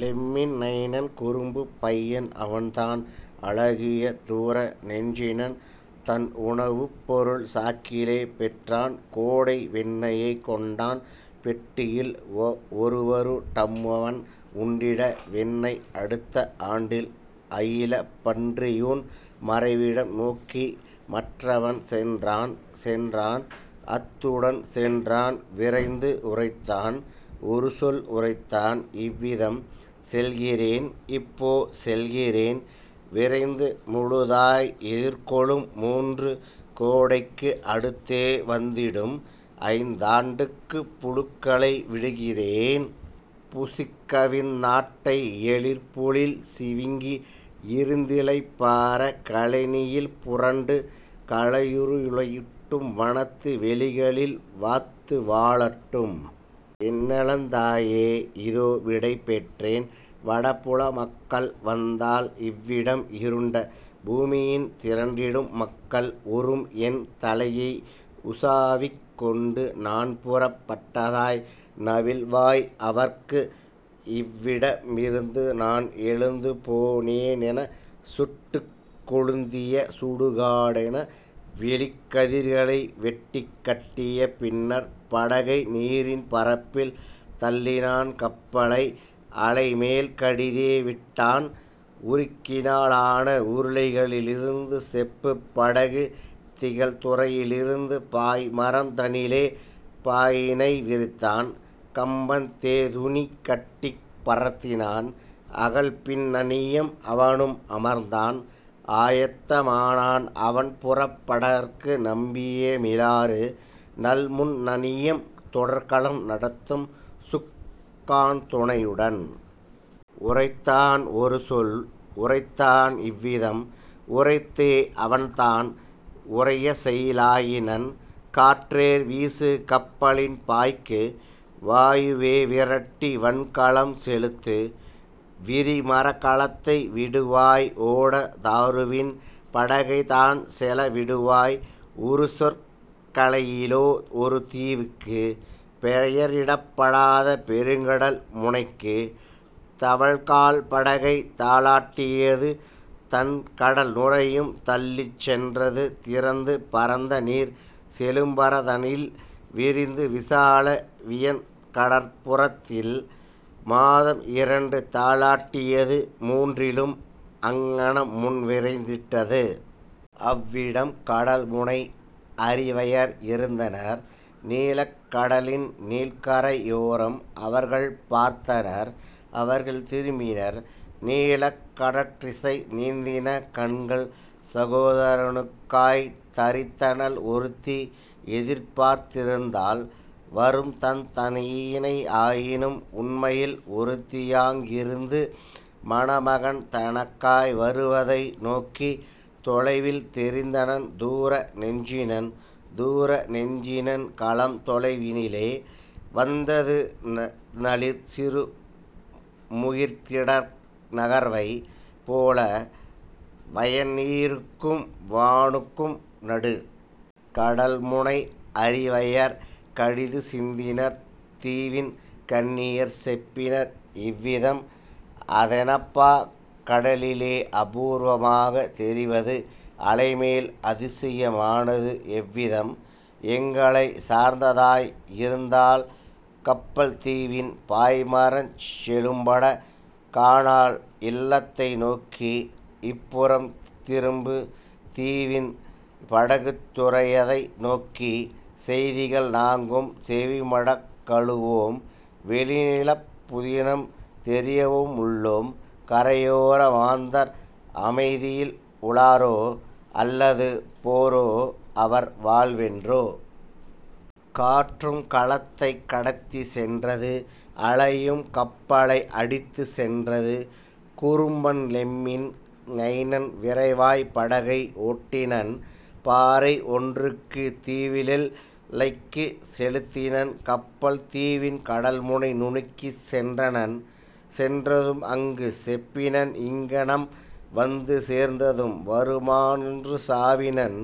லெம்மின் கைனன் குறும்புப் பையன் அவன்தான் அழகிய தூர நெஞ்சினன் தன்உண வுப்பொருள் சாக்கிலே பெற்றான் கோடை வெண்ணெயைக் கொண்டான் பெட்டியில் ஒருவரு டம்மவன் உண்டிட வெண்ணெய் அடுத்த ஆண்டில் அயிலப் பன்றியூன்; மறைவிடம் நோக்கி மற்றவன் சென்றான் சென்றான் அத்துடன் சென்றான் விரைந்து உரைத்தான் ஒருசொல் உரைத்தான் இவ்விதம்: "செல்கிறேன் இப்போ செல்கிறேன் விரைந்து முழுதாய் எதிர்கொளும் மூன்று கோடைக்கு அடுத்தே வந்திடும் ஐந்தாண் டுக்கு புழுக்களை விடுகிறேன் புசிக்கவிந் நாட்டை எழிற்பொழில் சிவிங்கி இருந்திளைப் பாற கழனியில் புரண்டு கலையுரு ளட்டும் வனத்து வெளிகளில் வாத்து வாழட்டும். என்நலத் தாயே, இதோவிடை பெற்றேன், வடபுல மக்கள் வந்தால் இவ்விடம் இருண்ட பூமியின் திரண்டிடும் மக்கள் உறும்என் தலையை உசாவிக் கொண்டு நான்புறப் பட்டதாய் நவில்வாய் அவர்க்கு இவ்விட மிருந்துநான் எழுந்துபோ னேனென சுட்டுக் கொழுத்திய சுடுகானக வெளி கதிர்களை வெட்டிக் கட்டிய பின்னர். " படகை நீரின் பரப்பில் தள்ளினான் கப்பலை அலைமேல் கடிதே விட்டான் உருக்கினா லான உருளைக ளிருந்து செப்புப் படகுத் திகழ்துறை யிருந்து பாய்மரம் தனிலே பாயினை விரித்தான் கம்பத் தேதுணி கட்டிப் பரத்தினான்; அகல்பின் னணியம் அவனும் அமர்ந்தான் ஆயத்த மானான் அவன்புறப் படற்கு நம்பியே மிலாறு நல்முன் னணியம் தொடர்கலம் நடத்தும் சுக்கான் துணையுடன். உரைத்தான் ஒருசொல் உரைத்தான் இவ்விதம்: உரைத்தே அவன்தான் உரைசெய லாயினன்: "காற்றே வீசு கப்பலின் பாய்க்கு வாயுவே விரட்டி வன்கலம் செலுத்து விரிமரக் கலத்தை விடுவாய் ஓட தாருவின் படகைத் தான்செல விடுவாய் உறுசொற் களேயிலா ஒருதீ வுக்கு பெயரிடப் படாத பெருங்கடல் முனைக்கு. தவழ்கால் படகைத் தாலாட் டியது தண்கடல் நுரையும் தள்ளிச் சென்றது திறந்து பரந்தநீர்ச் செழும்பரப் பதனில் விரிந்த விசால வியன்கடற் புறத்தில்; மாதம் இரண்டு தாலாட் டியது மூன்றிலும் அங்ஙனம் முன்விரைந் திட்டது. அவ்விடம் கடல்முனை அரிவையர் இருந்தனர் நீலக் கடலின் நீள்கரை யோரம் அவர்கள் பார்த்தனர் அவர்கள் திரும்பினர் நீலக் கடற்றிசை நீந்தின கண்கள் சகோதர னுக்காய்த் தரித்தனள் ஒருத்தி எதிர்பார்த் திருந்தாள் வரும்தந் தையினை ஆயினும் உண்மையில் ஒருத்தியாங் கிருந்தது மணமகன் தனக்காய் வருவதை நோக்கி. தொலைவில் தெரிந்தனன் தூர நெஞ்சினன் தூரநெஞ் சினன்கலம் தொலைவிலே வந்தது நளிர்சிறு முகிற்திடர் நகர்வதைப் போல வயன்நீ ருக்கும் வானுக் கும்நடு. கடல்முனை அரிவையர் கடிதுசிந் தித்தினர் தீவின் கன்னியர் செப்பினர் இவ்விதம்: "அதெனப்பா கடலிலே அபூர்வமாக தெரிவது அலைமேல் அதிசயம் ஆனது எவ்விதம்? எங்களைச் சார்ந்ததாய் இருந்தால் கப்பல் தீவின் பாய்மரச் செழும்பட கானால் இல்லத்தை நோக்கி இப்புறம் திரும்பு தீவின் படகுத் துறையதை நோக்கி: செய்திகள் நாங்கள் செவிமடுக் கவுளோம் வெளிநிலப் புதினம் தெரியவு முள்ளோம் கரையோர மாந்தர் அமைதியில் உளரா அல்லது போரோ அவர் வாழ்வென்றே. " காற்றும் கலத்தைக் கடத்திச் சென்றது அலையும் கப்பலை அடித்துச் சென்றது குறும்பன் லெம்மின் கைனன் விரைவாய் படகை ஓட்டினன் பாறை ஒன்றுக்கு தீவினெல் லைக்குச் செலுத்தினன் கப்பல் தீவின் கடல்முனை நுனிக்குச் சென்றனன். சென்றதும் அங்கு செப்பினன் இங்ஙனம் வந்து சேர்ந்ததும் வருமா றுசாவினன்: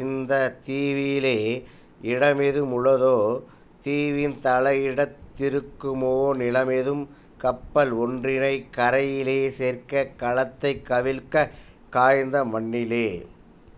"இந்தத் தீவிலே இடமெது முளதோ தீவின் தலையிடத் திருக்குமோ நிலமெதும் கப்பல் ஒன்றினைக் கரையிலே சேர்க்க கலத்தைக் கவிழ்க்கக் காய்ந்த மண்ணிலே?